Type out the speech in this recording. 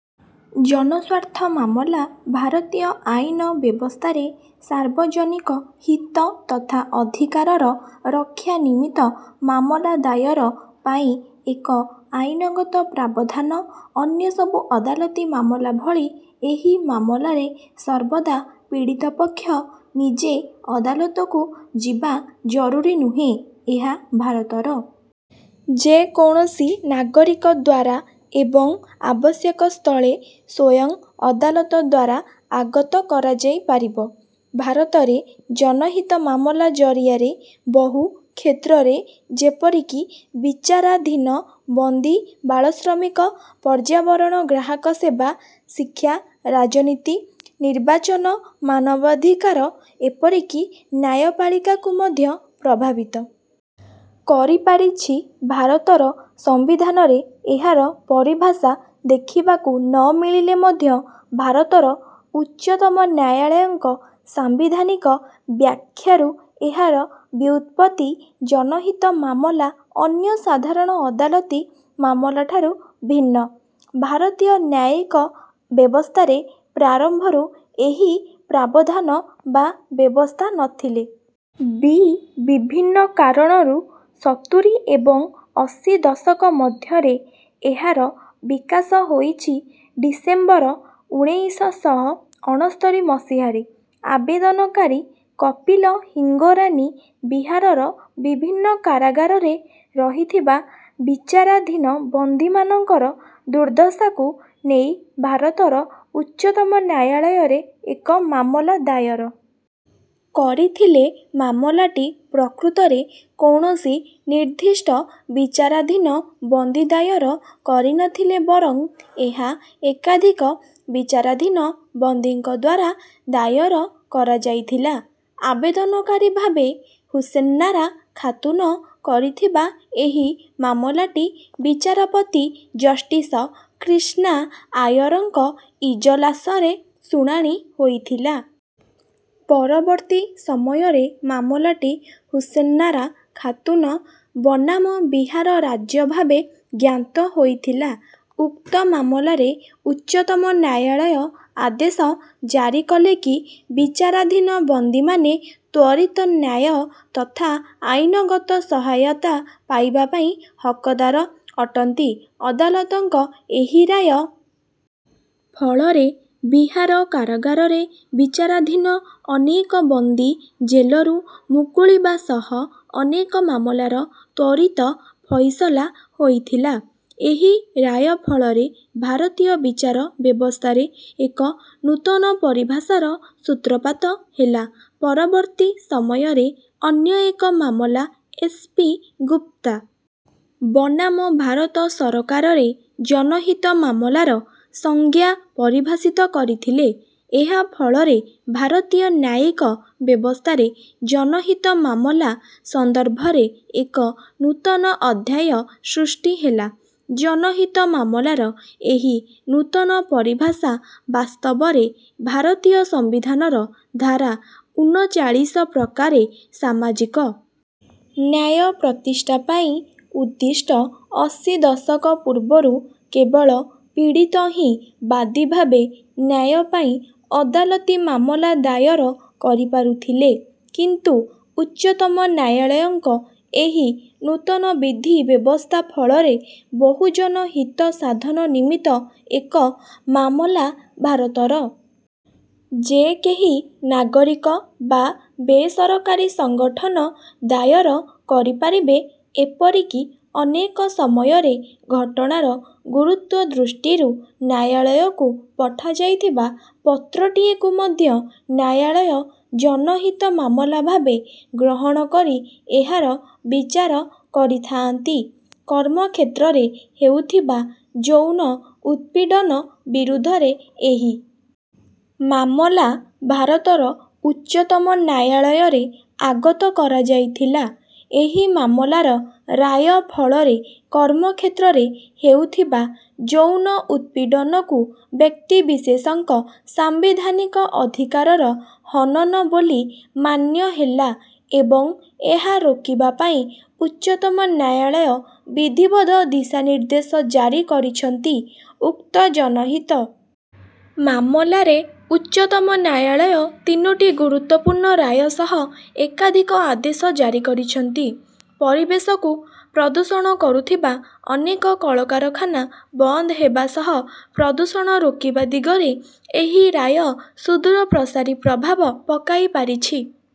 ଜନସ୍ୱାର୍ଥ ମାମଲା ଭାରତୀୟ ଆଇନ ବ୍ୟବସ୍ଥାରେ ସାର୍ବଜନିକ ହିତ ତଥା ଅଧିକାରର ରକ୍ଷା ନିମିତ୍ତ ମାମଲା ଦାୟର ପାଇଁ ଏକ ଆଇନଗତ ପ୍ରାବଧାନ ଅନ୍ୟସବୁ ଅଦାଲତି ମାମଲା ଭଳି ଏହି ମାମଲାରେ ସର୍ବଦା ପୀଡ଼ିତ ପକ୍ଷ ନିଜେ ଅଦାଲତକୁ ଯିବା ଜରୁରୀ ନୁହେଁ ଏହା ଭାରତର ଯେ କୌଣସି ନାଗରିକ ଦ୍ୱାରା ଏବଂ ଆବଶ୍ୟକ ସ୍ଥଳେ ସ୍ୱୟଂ ଅଦାଲତ ଦ୍ୱାରା ଆଗତ କରାଯାଇପାରିବ ଭାରତରେ ଜନହିତ ମାମଲା ଜରିଆରେ ବହୁ କ୍ଷେତ୍ରରେ ଯେପରିକି ବିଚାରାଧୀନ ବନ୍ଦୀ ବାଳଶ୍ରମିକ ପର୍ଯ୍ୟାବରଣ ଗ୍ରାହକ ସେବା ଶିକ୍ଷା ରାଜନୀତି ନିର୍ବାଚନ ମାନବାଧିକାର ଏପରିକି ନ୍ୟାୟପାଳିକାକୁ ମଧ୍ୟ ପ୍ରଭାବିତ କରିପାରିଛି ଭାରତର ସମ୍ବିଧାନରେ ଏହାର ପରିଭାଷା ଦେଖିବାକୁ ନ ମିଳିଲେ ମଧ୍ୟ ଭାରତର ଉଚ୍ଚତମ ନ୍ୟାୟାଳୟଙ୍କ ସାମ୍ବିଧାନିକ ବ୍ୟାଖ୍ୟାରୁ ଏହାର ବ୍ୟୁତ୍ପତ୍ତି ଜନହିତ ମାମଲା ଅନ୍ୟ ସାଧାରଣ ଅଦାଲତି ମାମଲାଠାରୁ ଭିନ୍ନ ଭାରତୀୟ ନ୍ୟାୟିକ ବ୍ୟବସ୍ଥାରେ ପ୍ରାରମ୍ଭରୁ ଏହି ପ୍ରାବଧାନ ବା ବ୍ୟବସ୍ଥା ନ ଥିଲେ ବି ବିଭିନ୍ନ କାରଣରୁ ସତୁରୀ ଏବଂ ଅଶୀ ଦଶକ ମଧ୍ୟରେ ଏହାର ବିକାଶ ହୋଇଛି ଡିସେମ୍ବର ଉଣେଇଶ ଶହ ଅଣସ୍ତରି ମସିହାରେ ଆବେଦନକାରୀ କପିଲ ହିଙ୍ଗୋରାନୀ ବିହାରର ବିଭିନ୍ନ କାରାଗାରରେ ରହିଥିବା ବିଚାରାଧୀନ ବନ୍ଦୀମାନଙ୍କର ଦୁର୍ଦ୍ଦଶାକୁ ନେଇ ଭାରତର ଉଚ୍ଚତମ ନ୍ୟାୟାଳୟରେ ଏକ ମାମଲା ଦାୟର କରିଥିଲେ ମାମଲାଟି ପ୍ରକୃତରେ କୌଣସି ନିର୍ଦ୍ଦିଷ୍ଟ ବିଚାରାଧୀନ ବନ୍ଦୀ ଦାୟର କରି ନ ଥିଲେ ବରଂ ଏହା ଏକାଧିକ ବିଚାରାଧୀନ ବନ୍ଦୀଙ୍କ ଦ୍ୱାରା ଦାୟର କରାଯାଇଥିଲା ଆବେଦନକାରୀ ଭାବେ ହୁସେନ୍ନାରା ଖାତୁନ କରିଥିବା ଏହି ମାମଲାଟି ବିଚାରପତି ଜଷ୍ଟିସ କ୍ରିଷ୍ଣା ଆୟାରଙ୍କ ଇଜଲାସରେ ଶୁଣାଣି ହୋଇଥିଲା ପରବର୍ତ୍ତୀ ସମୟରେ ମାମଲାଟି ହୁସେନ୍ନାରା ଖାତୁନ ବନାମ ବିହାର ରାଜ୍ୟ ଭାବେ ଜ୍ଞାତ ହୋଇଥିଲା ଉକ୍ତ ମାମଲାରେ ଉଚ୍ଚତମ ନ୍ୟାୟାଳୟ ଆଦେଶ ଜାରି କଲେ କି ବିଚାରାଧୀନ ବନ୍ଦୀମାନେ ତ୍ୱରିତ ନ୍ୟାୟ ତଥା ଆଇନଗତ ସହାୟତା ପାଇବା ପାଇଁ ହକଦାର ଅଟନ୍ତି ଅଦାଲତଙ୍କ ଏହି ରାୟ ଫଳରେ ବିହାର କାରାଗାରରେ ବିଚାରାଧୀନ ଅନେକ ବନ୍ଦୀ ଜେଲରୁ ମୁକୁଳିବା ସହ ଅନେକ ମାମଲାର ତ୍ୱରିତ ଫୈସଲା ହୋଇଥିଲା ଏହି ରାୟ ଫଳରେ ଭାରତୀୟ ବିଚାର ବ୍ୟବସ୍ଥାରେ ଏକ ନୂତନ ପରିଭାଷାର ସୂତ୍ରପାତ ହେଲା ପରବର୍ତ୍ତୀ ସମୟରେ ଅନ୍ୟ ଏକ ମାମଲା ଏସ୍ ପି ଗୁପ୍ତା ବନାମ ଭାରତ ସରକାରରେ ଜନହିତ ମାମଲାର ସଂଜ୍ଞା ପରିଭାଷିତ କରିଥିଲେ ଏହା ଫଳରେ ଭାରତୀୟ ନ୍ୟାୟିକ ବ୍ୟବସ୍ଥାରେ ଜନହିତ ମାମଲା ସନ୍ଦର୍ଭରେ ଏକ ନୂତନ ଅଧ୍ୟାୟ ସୃଷ୍ଟି ହେଲା ଜନହିତ ମାମଲାର ଏହି ନୂତନ ପରିଭାଷା ବାସ୍ତବରେ ଭାରତୀୟ ସମ୍ବିଧାନର ଧାରା ଉନଚାଳିଶ ପ୍ରକାରେ ସାମାଜିକ ନ୍ୟାୟ ପ୍ରତିଷ୍ଠା ପାଇଁ ଉଦ୍ଦିଷ୍ଟ ଅଶୀ ଦଶକ ପୂର୍ବରୁ କେବଳ ପୀଡ଼ିତ ହିଁ ବାଦୀ ଭାବେ ନ୍ୟାୟ ପାଇଁ ଅଦାଲତି ମାମଲା ଦାୟର କରିପାରୁଥିଲେ କିନ୍ତୁ ଉଚ୍ଚତମ ନ୍ୟାୟାଳୟଙ୍କ ଏହି ନୂତନ ବିଧି ବ୍ୟବସ୍ଥା ଫଳରେ ବହୁଜନ ହିତ ସାଧନ ନିମିତ୍ତ ଏକ ମାମଲା ଭାରତର ଯେ କେହି ନାଗରିକ ବା ବେସରକାରୀ ସଂଗଠନ ଦାୟର କରିପାରିବେ ଏପରିକି ଅନେକ ସମୟରେ ଘଟଣାର ଗୁରୁତ୍ୱ ଦୃଷ୍ଟିରୁ ନ୍ୟାୟାଳୟକୁ ପଠାଯାଇଥିବା ପତ୍ରଟିଏକୁ ମଧ୍ୟ ନ୍ୟାୟାଳୟ ଜନହିତ ମାମଲା ଭାବେ ଗ୍ରହଣ କରି ଏହାର ବିଚାର କରିଥାଆନ୍ତି କର୍ମକ୍ଷେତ୍ରରେ ହେଉଥିବା ଯୌନ ଉତ୍ପୀଡ଼ନ ବିରୁଦ୍ଧରେ ଏହି ମାମଲା ଭାରତର ଉଚ୍ଚତମ ନ୍ୟାୟାଳୟରେ ଆଗତ କରାଯାଇଥିଲା ଏହି ମାମଲାର ରାୟ ଫଳରେ କର୍ମକ୍ଷେତ୍ରରେ ହେଉଥିବା ଯୌନ ଉତ୍ପୀଡ଼ନକୁ ବ୍ୟକ୍ତିବିଶେଷଙ୍କ ସାମ୍ବିଧାନିକ ଅଧିକାରର ହନନ ବୋଲି ମାନ୍ୟ ହେଲା ଏବଂ ଏହା ରୋକିବା ପାଇଁ ଉଚ୍ଚତମ ନ୍ୟାୟାଳୟ ବିଧିବଦ୍ଧ ଦିଶାନିର୍ଦ୍ଦେଶ ଜାରି କରିଛନ୍ତି ଉକ୍ତ ଜନହିତ ମାମଲାରେ ଉଚ୍ଚତମ ନ୍ୟାୟାଳୟ ତିନୋଟି ଗୁରୁତ୍ୱପୂର୍ଣ୍ଣ ରାୟ ସହ ଏକାଧିକ ଆଦେଶ ଜାରି କରିଛନ୍ତି ପରିବେଶକୁ ପ୍ରଦୂଷଣ କରୁଥିବା ଅନେକ କଳକାରଖାନା ବନ୍ଦ ହେବା ସହ ପ୍ରଦୂଷଣ ରୋକିବା ଦିଗରେ ଏହି ରାୟ ସୁଦୂରପ୍ରସାରୀ ପ୍ରଭାବ ପକାଇପାରିଛି